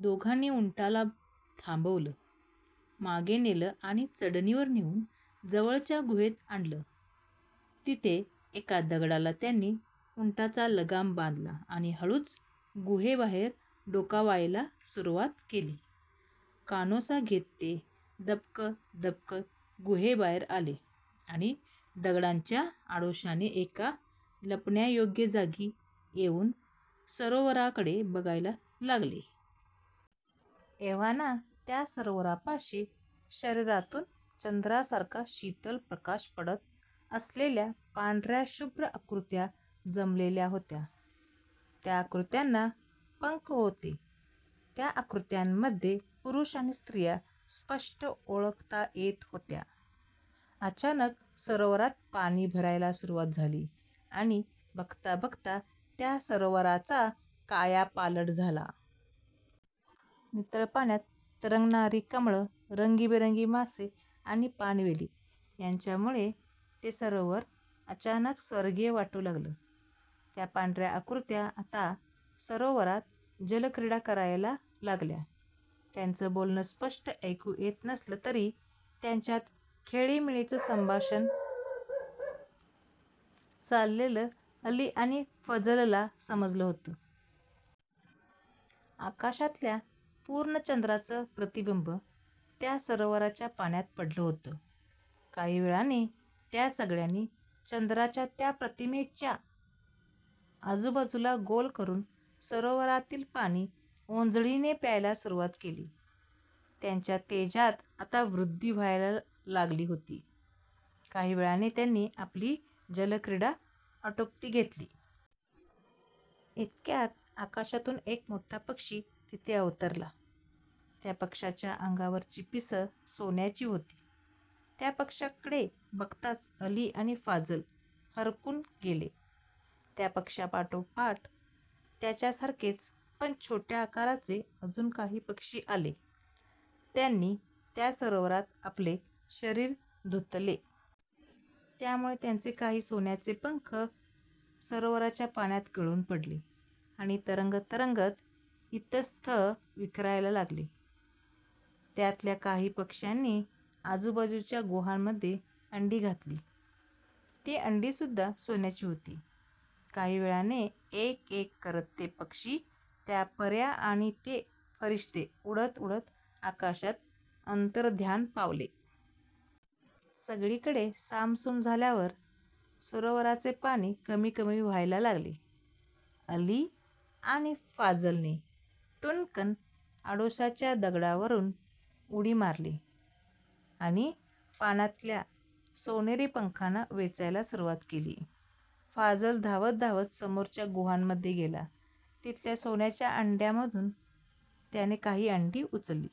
दोघांनी उंटाला थांबवलं, मागे नेलं आणि चढणीवर नेऊन जवळच्या गुहेत आणलं. तिथे एका दगडाला त्यांनी उंटांचा लगाम बांधला आणि हळूच गुहेबाहेर डोकावायला सुरुवात केली. कानोसा घेत ते दबकत दबकत गुहेबाहेर आले आणि दगडांच्या आडोशाने एका लपण्यायोग्य जागी येऊन सरोवराकडे बघायला लागले. एव्हाना त्या सरोवरापाशी शरीरातून चंद्रासारखा शीतल प्रकाश पडत असलेल्या पांढऱ्या शुभ्र आकृत्या जमलेल्या होत्या. त्या आकृत्यांना पंख होते. त्या आकृत्यांमध्ये पुरुष आणि स्त्रिया स्पष्ट ओळखता येत होत्या. अचानक सरोवरात पाणी भरायला सुरुवात झाली आणि बघता बघता त्या सरोवराचा कायापालट झाला. नितळ पाण्यात तरंगणारी कमळं, रंगीबेरंगी मासे आणि पाणवेली यांच्यामुळे ते सरोवर अचानक स्वर्गीय वाटू लागलं. त्या पांढऱ्या आकृत्या आता सरोवरात जलक्रीडा करायला लागल्या. त्यांचं बोलणं स्पष्ट ऐकू येत नसलं, तरी त्यांच्यात खेळीमेळीचं संभाषण चाललेलं अली आणि फाझलला समजत होतं. आकाशातल्या पूर्ण चंद्राचं प्रतिबिंब त्या सरोवराच्या पाण्यात पडलं होतं. काही वेळाने त्या सगळ्यांनी चंद्राच्या त्या प्रतिमेच्या आजूबाजूला गोल करून सरोवरातील पाणी ओंजळीने प्यायला सुरुवात केली. त्यांच्या तेजात आता वृद्धी व्हायला लागली होती. काही वेळाने त्यांनी आपली जलक्रीडा आटोपती घेतली. इतक्यात आकाशातून एक मोठा पक्षी तिथे अवतरला. त्या पक्ष्याच्या अंगावरची पिसं सोन्याची होती. त्या पक्ष्याकडे बघताच अली आणि फाझल हरखून गेले. त्या पक्ष्यापाठोपाठ त्याच्यासारखेच पण छोट्या आकाराचे अजून काही पक्षी आले. त्यांनी त्या सरोवरात आपले शरीर धुतले. त्यामुळे त्यांचे काही सोन्याचे पंख सरोवराच्या पाण्यात गळून पडले आणि तरंगत तरंगत इतस्ततः विखरायला लागले. त्यातल्या काही पक्ष्यांनी आजूबाजूच्या गुहांमध्ये अंडी घातली. ती अंडी सुद्धा सोन्याची होती. काही वेळाने एक एक करत ते पक्षी, त्या पऱ्या आणि ते फरिश्ते उडत उडत आकाशात अंतर्धान पावले. सगळीकडे सामसूम झाल्यावर सरोवराचे पाणी कमी कमी व्हायला लागले. अली आणि फाझलने टुणकन आडोशाच्या दगडावरून उडी मारली आणि पाण्यातल्या सोनेरी पंखांना वेचायला सुरुवात केली. फाझल धावत धावत समोरच्या गुहांमध्ये गेला. तिथल्या सोन्याच्या अंड्यांमधून त्याने काही अंडी उचलली.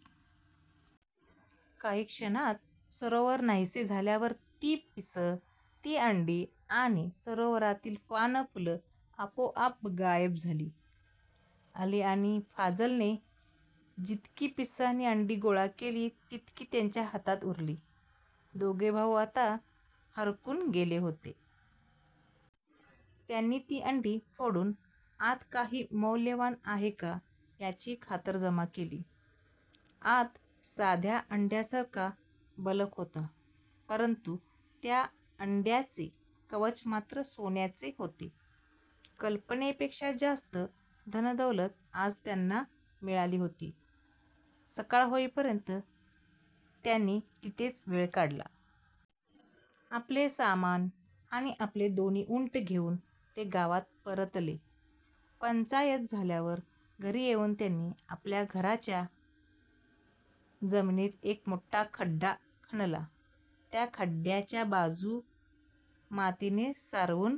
काही क्षणात सरोवर नाहीसे झाल्यावर ती पिसं, ती अंडी आणि सरोवरातली पानंफुलं आपोआप गायब झाली. अली आणि फाझलने जितकी पिसं आणि अंडी गोळा केली तितकी त्यांच्या हातात उरली. दोघे भाऊ आता हरखून गेले होते. त्यांनी ती अंडी फोडून आत काही मौल्यवान आहे का, याची खातरजमा केली. आत साध्या अंड्यांसारखा बलक होता, परंतु त्या अंड्यांचे कवच मात्र सोन्याचे होते. कल्पनेपेक्षा जास्त धनदौलत आज त्यांना मिळाली होती. सकाळ होईपर्यंत त्यांनी तिथेच वेळ काढला. आपले सामान आणि आपले दोन्ही उंट घेऊन ते गावात परतले. पंचायत झाल्यावर घरी येऊन त्यांनी आपल्या घराच्या जमिनीत एक मोठा खड्डा खणला. त्या खड्ड्याच्या बाजू मातीने सारवून